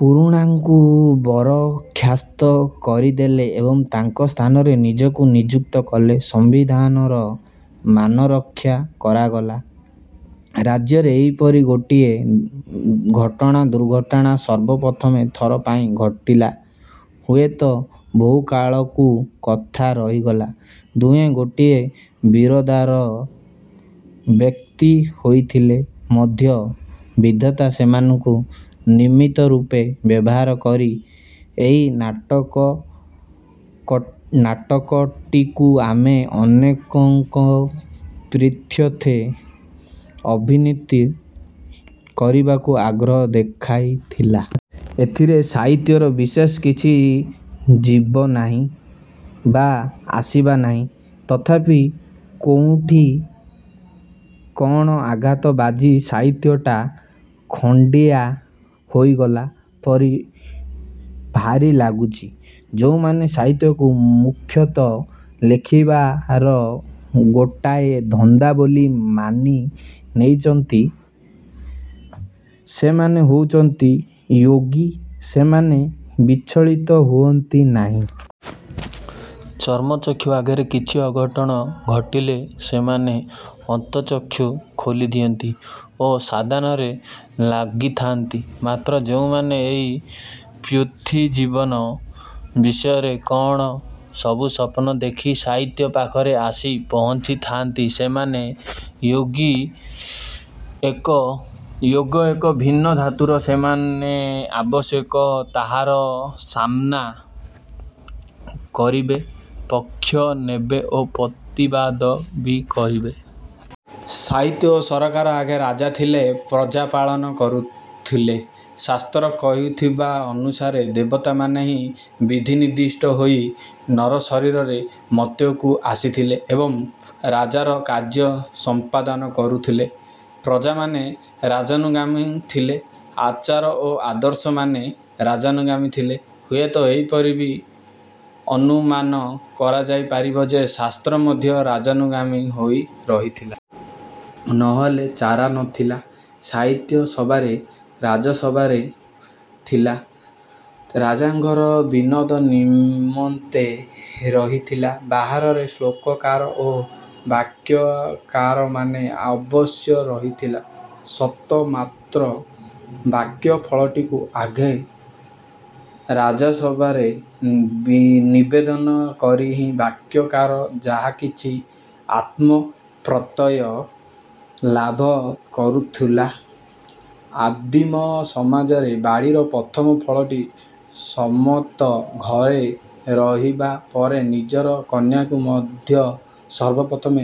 ପୁରୁଣାଙ୍କୁ ବରଖାସ୍ତ କରିଦେଲେ ଏବଂ ତାଙ୍କ ସ୍ଥାନରେ ନିଜକୁ ନିଯୁକ୍ତି କଲେ। ସମ୍ବିଧାନର ମାନରକ୍ଷା କରାଗଲା। ରାଜ୍ୟରେ ଏପରି ଗୋଟିଏ ଘଟଣା, ଦୁର୍ଘଟଣା ସର୍ବପ୍ରଥମ ଥର ପାଇଁ ଘଟିଲା। ହୁଏତ ବହୁକାଳକୁ କଥା ରହିଗଲା। ଦୁହେଁ ଗୋଟିଏ ବିରାଦାରର ବ୍ୟକ୍ତି ହୋଇଥିଲେ ମଧ୍ୟ ବିଧାତା ସେମାନଙ୍କୁ ନିମିତ୍ତ ରୂପେ ବ୍ୟବହାର କରି ଏହି ନାଟକ କ ନାଟକଟିକୁ ଆମ ଅନେକଙ୍କର ପ୍ରୀତ୍ୟର୍ଥେ ଅଭିନୀତ କରିବାକୁ ଆଗ୍ରହ ଦେଖାଇଲା। ଏଥିରେ ସାହିତ୍ୟର ବିଶେଷ କିଛି ଯିବ ନାହିଁ ବା ଆସିବା ନାହିଁ। ତଥାପି କୋଉଁଠି କଣ ଆଘାତ ବାଜି ସାହିତ୍ୟଟା ଖଣ୍ଡିଆ ହୋଇଗଲା ପରି ଭାରି ଲାଗୁଛି। ଯୋଉମାନେ ସାହିତ୍ୟକୁ ମୁଖ୍ୟତଃ ଲେଖିବାର ଗୋଟାଏ ଧନ୍ଦା ବୋଲି ମାନି ନେଇଚନ୍ତି, ସେମାନେ ହେଉଚନ୍ତି ଯୋଗୀ। ସେମାନେ ବିଚଳିତ ହୁଅନ୍ତି ନାହିଁ। ଚର୍ମ ଚକ୍ଷୁ ଆଗରେ କିଛି ଅଘଟଣ ଘଟିଲେ ସେମାନେ ଅନ୍ତର୍ଚକ୍ଷୁ ଖୋଲିଦିଅନ୍ତି ଓ ସାଧନାରେ ଲାଗିଥାନ୍ତି। ମାତ୍ର ଯେଉଁମାନେ ଏହି ପୃଥ୍ୱୀଜୀବନ ବିଷୟରେ କଣ ସବୁ ସ୍ୱପ୍ନ ଦେଖି ସାହିତ୍ୟ ପାଖରେ ଆସି ପହଞ୍ଚିଥାଆନ୍ତି, ସେମାନେ ଯୋଗୀ ଏକ ଭିନ୍ନ ଧାତୁର। ସେମାନେ ଅବଶ୍ୟ ତାହାର ସାମ୍ନା କରିବେ, ପକ୍ଷ ନେବେ ଓ ପ୍ରତିବାଦ ବି କରିବେ। ସାହିତ୍ୟ ଓ ସରକାର ଆଗେ ରାଜା ଥିଲେ, ପ୍ରଜାପାଳନ କରୁଥିଲେ। ଶାସ୍ତ୍ର କହିଥିବା ଅନୁସାରେ ଦେବତାମାନେ ହିଁ ବିଧିନିର୍ଦ୍ଦିଷ୍ଟ ହୋଇ ନର ଶରୀରରେ ମର୍ତ୍ତ୍ୟକୁ ଆସୁଥିଲେ ଏବଂ ରାଜାର କାର୍ଯ୍ୟ ସମ୍ପାଦନ କରୁଥିଲେ। ପ୍ରଜାମାନେ ରାଜାନୁଗାମୀ ଥିଲେ। ଆଚାର ଓ ଆଦର୍ଶମାନେ ରାଜାନୁଗାମୀ ଥିଲେ। ହୁଏତ ଏପରି ବି ଅନୁମାନ କରାଯାଇପାରିବ ଯେ ଶାସ୍ତ୍ର ମଧ୍ୟ ରାଜାନୁଗାମୀ ହୋଇ ରହିଥିଲା। ନହେଲେ ଚାରା ନଥିଲା। ସାହିତ୍ୟ ସଭାରେ, ରାଜସଭାରେ ଥିଲା। ରାଜାଙ୍କର ବିନୋଦ ନିମନ୍ତେ ରହିଥିଲା। ବାହାରେ ଶ୍ଳୋକକାର ଓ କାବ୍ୟକାରମାନେ ଆ ଅବଶ୍ୟ ରହିଥିଲେ ସତ, ମାତ୍ର କାବ୍ୟ-ଫଳଟିକୁ ଆଗେ ରାଜସଭାରେ ନିବେଦନ କରି ହିଁ କାବ୍ୟକାର ଯାହାକିଛି ଆତ୍ମପ୍ରତ୍ୟୟ ଲାଭ କରୁଥିଲା। ଆଦିମ ସମାଜରେ ବାଡ଼ିର ପ୍ରଥମ ଫଳଟି ସମେତ ଘରେ ରହିବା ପରେ ନିଜର କନ୍ୟାକୁ ମଧ୍ୟ ସର୍ବପ୍ରଥମ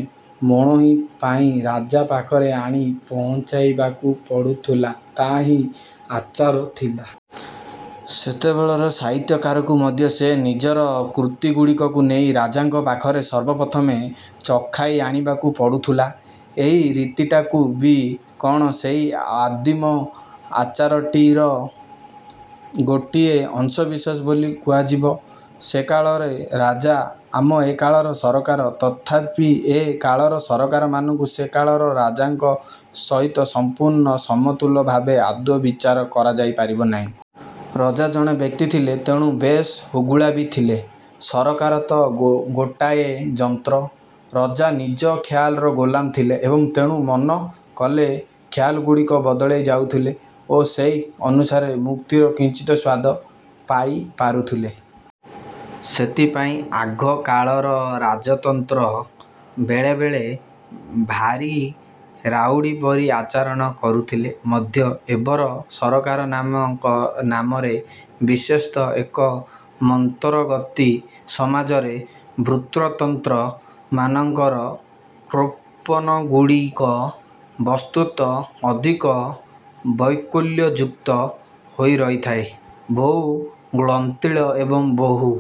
ମଣୋହି ପାଇଁ ରାଜା ପାଖରେ ଆଣି ପହଞ୍ଚାଇବାକୁ ପଡୁଥିଲା ତାହା ହିଁ ଆଚାର ଥିଲା। ସେତେବେଳେ ସାହିତ୍ୟକାରକୁ ମଧ୍ୟ ସେ ନିଜର କୃତିଗୁଡ଼ିକୁ ନେଇ ରାଜାଙ୍କ ପାଖରେ ସର୍ବପ୍ରଥମେ ଚଖାଇ ଆଣିବାକୁ ପଡୁଥିଲା, ଏହି ରୀତିଟିକୁ ବି କଣ ସେହି ଆଦିମ ଆଚାରଟିର ଗୋଟିଏ ଅଂଶବିଶେଷ ବୋଲି କୁହାଯିବ? ସେକାଳର ରାଜା, ଆମ ଏ କାଳର ସରକାର। ତଥାପି ଏ କାଳର ସରକାରମାନଙ୍କୁ ସେ କାଳର ରାଜାଙ୍କ ସହିତ ସମ୍ପୂର୍ଣ୍ଣ ସମତୁଲ ଭାବରେ ଆଦୌ ବିଚାର କରାଯାଇ ପାରିବ ନାହିଁ। ରଜା ଜଣେ ବ୍ୟକ୍ତି ଥିଲେ, ତେଣୁ ବେଶ୍ ହୁଗୁଳା ବି ଥିଲେ। ସରକାର ତ ଗୋଟାଏ ଯନ୍ତ୍ର। ରଜା ନିଜ ଖିଆଲର ଗୋଲାମ ଥିଲେ ଏବଂ ତେଣୁ ମନ କଲେ ଖିଆଲଗୁଡ଼ିକ ବଦଳି ଯାଉଥିଲେ ଓ ସେହି ଅନୁସାରେ ମୁକ୍ତିର କିଞ୍ଚିତ୍ ସ୍ୱାଦ ପାଇ ପାରୁଥିଲେ। ସେଥିପାଇଁ ଆଗକାଳର ରାଜତନ୍ତ୍ର ବେଳେବେଳେ ଭାରି ରାଉଢି ପରି ଆଚରଣ କରିଥିଲେ ମଧ୍ୟ ଏବର ସରକାର ନାମଙ୍କରେ ବିଶେଷତଃ ଏକ ମନ୍ଥରଗତି ସମାଜରେ ଭୃତ୍ୟତନ୍ତ୍ର ମାନଙ୍କର କୋପନଗୁଡ଼ିକ ବସ୍ତୁତଃ ଅଧିକ ବୈକଲ୍ୟଯୁକ୍ତ ହୋଇ ରହିଥାଏ। ବହୁ ଗ୍ରନ୍ଥିଳ ଏବଂ ବହୁ